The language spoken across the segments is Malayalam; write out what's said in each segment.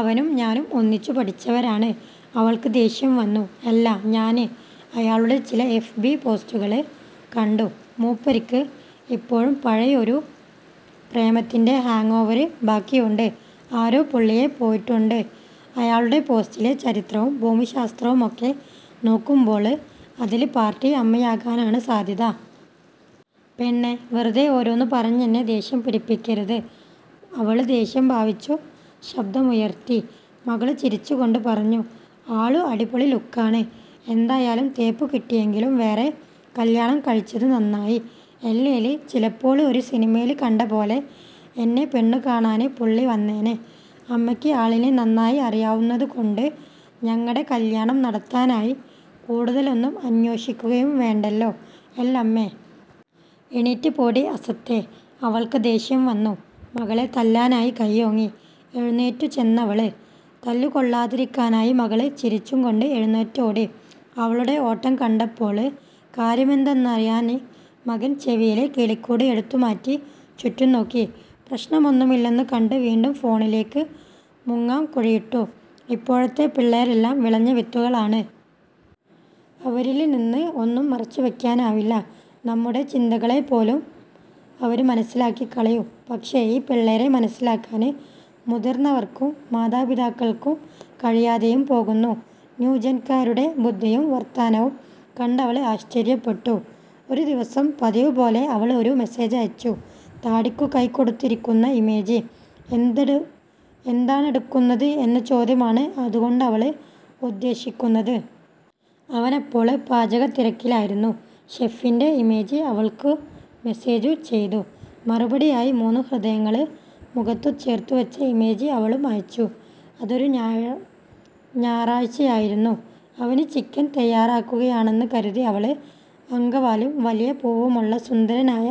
അവനും ഞാനും ഒന്നിച്ചു പഠിച്ചവരാണ്'' അവള്ക്കു ദേഷ്യം വന്നു. ''അല്ല, ഞാന് അയാളുടെ ചില എഫ് ബി പോസ്റ്റുകള് കണ്ടു. മൂപ്പര്ക്ക് ഇപ്പോഴും പഴയയൊരു പ്രേമത്തിന്റെ ഹാങ്ങോവര് ബാക്കിയുണ്ട്. ആരോ പുള്ളിയെ പോയിട്ടുണ്ട്. അയാളുടെ പോസ്റ്റിലെ ചരിത്രവും ഭൂമിശാസ്ത്രവുമൊക്കെ നോക്കുമ്പോള് അതിലെ പാര്ട്ടി അമ്മയാകാനാണ് സാധ്യത. '''' പെണ്ണെ വെറുതെ ഓരോന്നു പറഞ്ഞെന്നെ ദേഷ്യം പിടിപ്പിക്കരുത്'' അവള് ദേഷ്യം ഭാവിച്ചു ശബ്ദമുയര്ത്തി. മകള് ചിരിച്ചുകൊണ്ട് പറഞ്ഞു ''ആളു അടിപൊളി ലുക്കാണ്. എന്തായാലും തേപ്പുകിട്ടിയെങ്കിലും വേറെ കല്യാണംകഴിച്ചതു നന്നായി. അല്ലേല് ചിലപ്പോള് ഒരു സിനിമേല് കണ്ടപോലെ എന്നെ പെണ്ണുകാണാന് പുള്ളി വന്നേനെ. അമ്മയ്ക്ക് ആളിനെ നന്നായി അറിയാവുന്നതുകൊണ്ട് ഞങ്ങടെ കല്യാണം നടത്താനായി കൂടുതലൊന്നും അന്വേഷിക്കുകയും വേണ്ടല്ലോ, അല്ലേമ്മേ? ' 'എണീറ്റ് പോടീ അസത്തെ'' അവള്ക്കു ശരിക്കും ദേഷ്യം വന്നു. മകളെ തല്ലാനായി കയ്യോങ്ങി എഴുന്നേറ്റുചെന്നവള്. തല്ലുകൊള്ളാതിരിക്കാനായി മകള് ചിരിച്ചും കൊണ്ട് എഴുന്നേറ്റോടി. അവളുടെ ഓട്ടം കണ്ടപ്പോള് കാര്യമെന്തന്നറിയാന് മകന് ചെവിയിലെ കിളിക്കൂട് എടുത്തുമാറ്റി ചുറ്റുംനോക്കി. പ്രശ്നമൊന്നുമില്ലെന്നു കണ്ടു വീണ്ടും ഫോണിലേക്ക് മുങ്ങാംകുഴിയിട്ടു. 'ഇപ്പോഴത്തെ പിള്ളേരെല്ലാം വിളഞ്ഞവിത്തുകളാണ്. അവരില്നിന്നും ഒന്നും മറച്ചുവയ്ക്കാനാവില്ല. നമ്മുടെ ചിന്തകളെപ്പോലും അവര് മനസ്സിലാക്കികളയും. പക്ഷെ ഈ പിള്ളേരെ മനസ്സിലാക്കാന് മുതിര്ന്നവര്ക്കും മാതാപിതാക്കള്ക്കും കഴിയാതെയും പോകുന്നു. ' ന്യൂജന്കാരുടെ ബുദ്ധിയും വര്ത്താനവും കണ്ടവള് ആശ്ചര്യപ്പെട്ടു. ഒരുദിവസം പതിവുപോലെ അവള് ഒരു മെസ്സേജയച്ചു. താടിക്കു കൈകൊടുത്തിരിക്കുന്ന ഇമോജി. എന്താണെടുക്കുന്നത് എന്ന ചോദ്യമാണ് അതുകൊണ്ടവള് ഉദ്ദേശിക്കുന്നത്. അവനപ്പോള് പാചകത്തിരക്കിലായിരുന്നു. ഷെഫിന്റെ ഇമോജി അവള്ക്കു മെസ്സേജു ചെയ്തു. മറുപടിയായി മൂന്നു ഹൃദയങ്ങള് മുഖത്തു ചേര്ത്തുവച്ച ഇമോജി അവളും അയച്ചു അതൊരു ഞാറാഴ്ചയായിരുന്നു. അവന് ചിക്കന് തയ്യാറാക്കുകയാണെന്ന് കരുതി അവള് അങ്കവാലും വലിയ പൂവുമുള്ള സുന്ദരനായ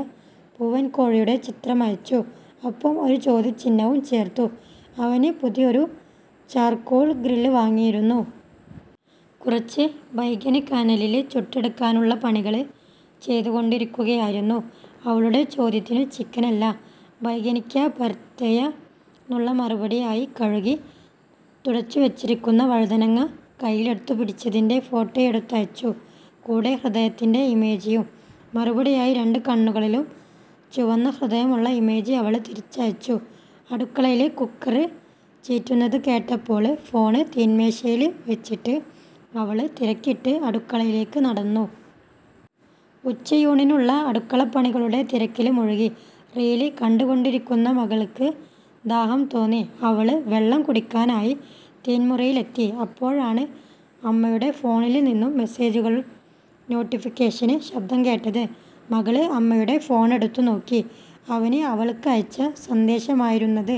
പൂവന്കോഴിയുടെ ചിത്രമയച്ചു. ഒപ്പം ഒരു ചോദ്യചിഹ്നവും ചേര്ത്തു. അവന് പുതിയൊരു 'ചാര്കോള് ഗ്രില്' വാങ്ങിയിരുന്നു. കുറച്ചു ബൈഗന് കനലില് ചുട്ടെടുക്കാനുള്ള പണികള് ചെയ്തുകൊണ്ടിരിക്കുകയായിരുന്നു. അവളുടെ ചോദ്യത്തിനു ചിക്കനല്ല 'ബൈഗന് കാ ബര്ത്തയെ'ന്നു മറുപടിയായി കഴുകി തുടച്ചുവച്ചിരിക്കുന്ന വഴുതനങ്ങ കയ്യിലെടുത്തു പിടിച്ചതിന്റെ ഫോട്ടോയെടുത്തുയച്ചു. കൂടെ ഹൃദയത്തിന്റെ ഇമോജിയും. മറുപടിയായി രണ്ടു കണ്ണുകളിലും ചുവന്ന ഹൃദയമുള്ള ഇമോജി അവള് തിരിച്ചയച്ചു. അടുക്കളയില് കുക്കര് ചീറ്റുന്നത് കേട്ടപ്പോള് ഫോണ് തീന്മേശയില് വച്ചിട്ട് അവള് തിരക്കിട്ട് അടുക്കളയിലേക്ക് നടന്നു. ഉച്ചയൂണിനുള്ള അടുക്കളപ്പണികളുടെ തിരക്കില് മുഴുകി. റീല് കണ്ടുകൊണ്ടിരുന്ന മകള്ക്ക് ദാഹം തോന്നി. അവള് വെള്ളം കുടിക്കാനായി തീന്മുറിയിലെത്തി. അപ്പോഴാണ് അമ്മയുടെ ഫോണില്നിന്നും മെസ്സേജു നോട്ടിഫിക്കേഷന് ശബ്ദം കേട്ടത്. മകള് അമ്മയുടെ ഫോണെടുത്ത് നോക്കി. അവന് അവള്ക്കയച്ച സന്ദേശമായിരുന്നത്.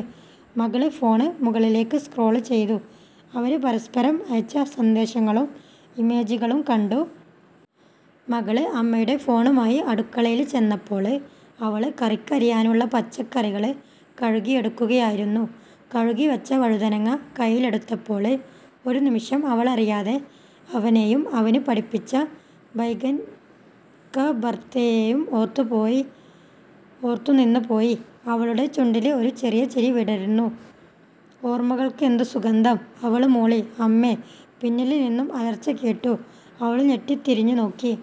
മകള് ഫോണ് മുകളിലേക്ക് സ്ക്രോള് ചെയ്തു. അവര് പരസ്പരം അയച്ച സന്ദേശങ്ങളും ഇമോജികളും കണ്ടു. മകള് അമ്മയുടെ ഫോണുമായി അടുക്കളയില്ചെന്നപ്പോള് അവള് കറിക്കരിയാനുള്ള പച്ചക്കറികള് കഴുകിയെടുക്കുകയായിരുന്നു. കഴുകിവെച്ച വഴുതനങ്ങ കയ്യിലെടുത്തപ്പോള് ഒരുനിമിഷം, അവളറിയാതെ അവനെയും അവന് പഠിപ്പിച്ച ബൈഗന് കാ ബര്ത്തയെയും ഓര്ത്തുനിന്നു പോയി. അവളുടെ ചുണ്ടില് ഒരു ചെറിയ ചിരി വിടര്ന്നു. 'ഓര്മ്മകള്ക്കെന്തു സുഗന്ധം' അവള് മൂളി. ''അമ്മേ'' പിന്നില്നിന്നും അലര്ച്ചകേട്ടു അവള് ഞെട്ടി തിരിഞ്ഞു നോക്കി.